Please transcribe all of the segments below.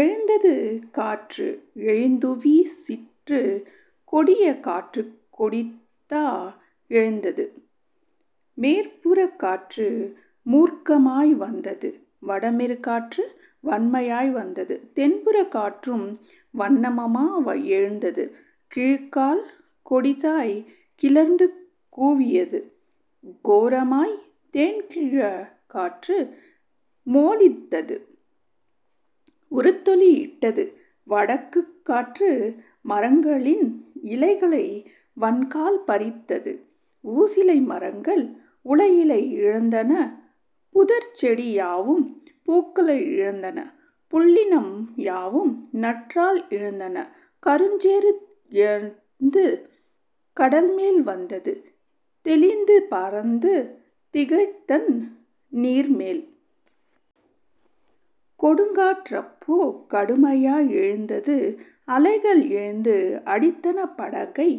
எழுந்தது காற்று எழுந்துவீ சிற்று கொடிய காற்றுக் கொடிதா யெழுந்தது மேற்புறக் காற்று மூர்க்கமாய் வந்தது வடமேற் காற்று வன்மையாய் வந்தது தென்புறக் காற்றும் வன்மமா யெழுந்தது கீழ்க்கால் கொடிதாய் கிளர்ந்துகூ வியது கோரமாய் தென்கீழ்க் காற்று மொலித்தது உரத்தொலி இட்டது வடக்குக் காற்று. மரங்களின் இலைகளை வன்கால் பறித்தது ஊசிலை மரங்கள் உளஇலை இழந்தன புதர்ச்செடி யாவும் பூக்களை இழந்தன புல்லினம் யாவும் நற்றாள் இழந்தன கருஞ்சே றுயர்ந்து கடல்மேல் வந்தது தெளிந்து பரந்த திகழ்தண் ணீர்மேல். கொடுங்காற் றப்போ கடுமையா யெழுந்தது அலைகள் எழுந்து அடித்தன படகை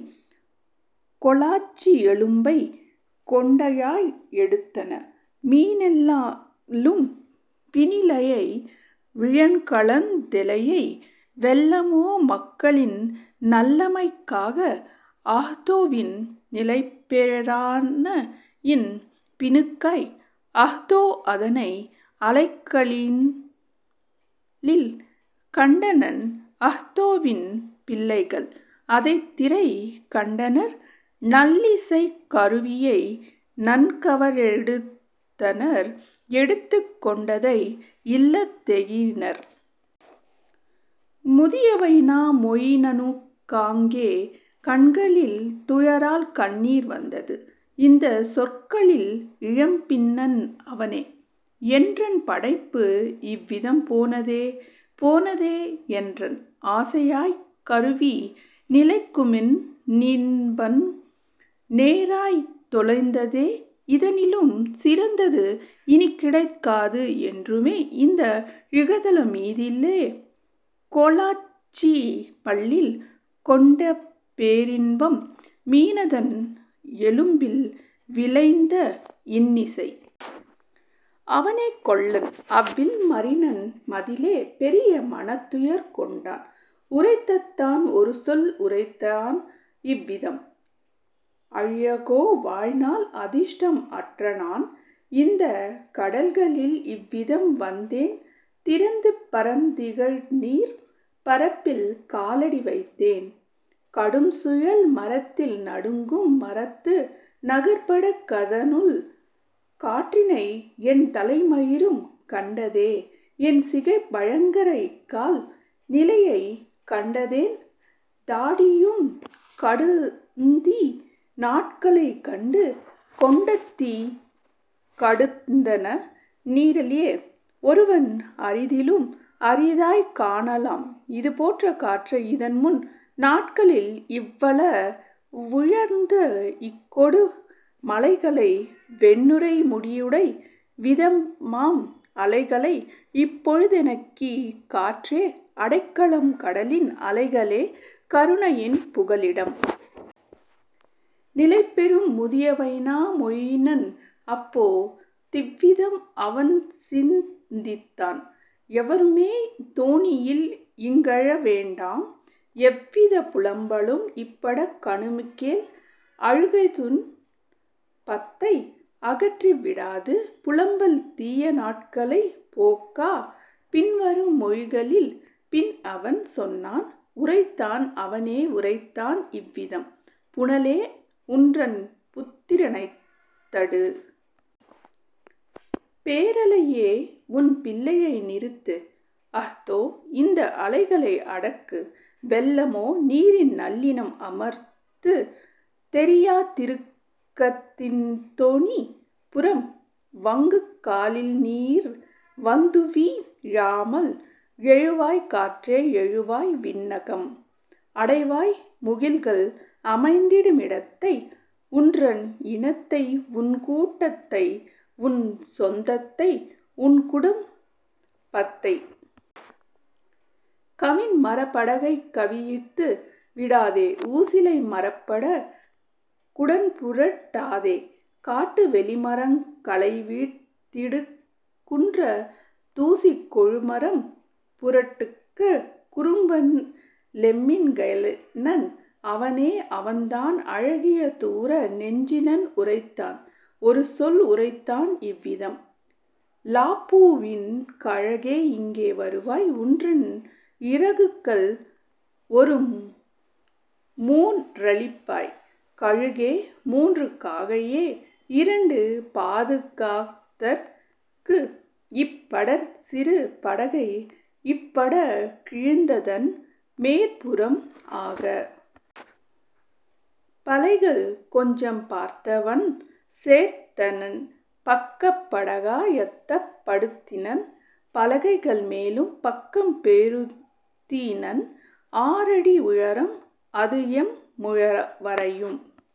கோலாச்சி எலும்பைக் கொண்டயாழ் எடுத்தன மீனெலும் பினிலமை வியன்கலந்த லேயை வெல்லமோ மக்களின் நல்லமைக் காக அஹ்தோவின் நிலைபே றானஇன் பினுக்காய்; அஹ்தோ அதனை அலைகளில் கண்டனன் அஹ்தோவின் பிள்ளைகள் அதைத்திரை கண்டனர் நல்லிசைக் கருவியை நன்கவ ரெடுத்தனர் எடுத்துக் கொண்டதை இல்லத் தேகினர். முதிய வைனா மொயினனுக் காங்கே கண்களில் துயரால் கண்ணீர் வந்தது இந்தச் சொற்களில் இயம்பினன் அவனே: "என்றன் படைப்பு இவ்விதம் போனதே போனதே என்றன் ஆசையாழ்க் கருவி நிலைக்குமென் னின்பம் நேராய்த் தொலைந்ததே இதனிலும் சிறந்தது இனிக்கிடைக் காது என்றுமே இந்த இகதல மீதிலே கோலாச்சி பல்லில் கொண்டபே ரின்பம் மீனதன் எலும்பில் விளைந்த இன்னிசை. " அவனே கொல்லன் அவ்வில் மரினன் மதிலே பெரிய மனத்துயர் கொண்டான் உரைத்ததான் ஒருசொல் உரைத்தான் இவ்விதம்: "ஐயகோ வாழ்நாள் அதிர்ஷ்டம் அற்றநான் இந்தக் கடல்களில் இவ்விதம் வந்தேன் திறந்து பரந்த திகழ்நீர்ப் பரப்பில் காலடி வைத்தேன் கடும்சுழல் மரத்தில் நடுங்கும் மரத்து நகர்பட கதனுள் காற்றினை என்தலை மயிரும் கண்டதே என்சிகை பயங்கர இக்கால் நிலையை கண்டதென் தாடியும் கடுந்தீ நாட்களை கண்டு கொண்டதிக் கடுந்தண் ணீரிலே; ஒருவன் அரிதிலும் அரிதாய்க் காணலாம் இதுபோற் காற்றை இதன்முன் நாட்களில் இவ்வள வுயர்ந்த இக்கொடு மலைகளை வெண்ணுரை முடியுடை விதமாம் அலைகளை; இப்பொழு தெனக்கிக் காற்றே அடைக்கலம் கடலின் அலைகளே கருணையின் புகலிடம். " நிலைபெறும் முதிய வைனா மொயினன் அப்போ திவ்விதம் அவன்சிந் தித்தான்: "எவருமே தோணியில் இங்கழ வேண்டாம் எவ்விதப் புலம்பலும் இப்பட கணுகேல்; அழுகைதுன் பத்தை அகற்றி விடாது புலம்பல் தீய நாட்களைப் போக்கா. " பின்வரும் மொழிகளில் பின்அவன் சொன்னான் உரைத்தான் அவனே உரைத்தான் இவ்விதம்: "புனலே, உன்றன் புத்திர னைத்தடு! பேரலை யே, உன் பிள்ளையை நிறுத்து! அஹ்தோ, இந்த அலைகளை அடக்கு! வெல்லமோ, நீரின் நல்லினம் அமர்த்து! தெறியா திருக்கத் திண்தோ ணிப் புறம் வங்கக் காலில்நீர் வந்துவீ ழாமல். எழுவாய் காற்றே, எழுவாய் விண்ணகம்! அடைவாய் முகில்கள் அமைந்திடு மிடத்தை உன்றன் இனத்தை உன்கூட் டத்தை உன்சொந் தத்தை உன்குடும் பத்தை! கவின்மரப் படகைக் கவிழ்த்து விடாதே ஊசிலை மரப்பட குடன்புரட் டாதே காட்டு வெளிமரங் களைவீழ்த் திடுக குன்றத் தூசிக் கொழுமரம் புரட்டுக! " குறும்பன் லெம்மின் கைனன் அவனே அவன்தான் அழகிய தூர நெஞ்சினன் உரைத்தான் ஒருசொல் உரைத்தான் இவ்விதம்: "லாப்புவின் கழுகே இங்கே வருவாய் உன்றன் இறகுகள் ஒருமூன் றளிப்பாய் கழுகே மூன்று காக்கையே இரண்டு பாதுகாத் தற்குஇப் படர்சிறு படகை இப்பட கிழிந்ததன் மேற்புறம் ஆக! " பலகைகள் கொஞ்சம் பார்த்தவன் சேர்த்தனன் பக்கப் படகா யத்தப் படுத்தினன் பலகைகள் மேலும் பக்கம் பொருத்தினன் ஆறடி உயரம் அதுஎழும் வரையும்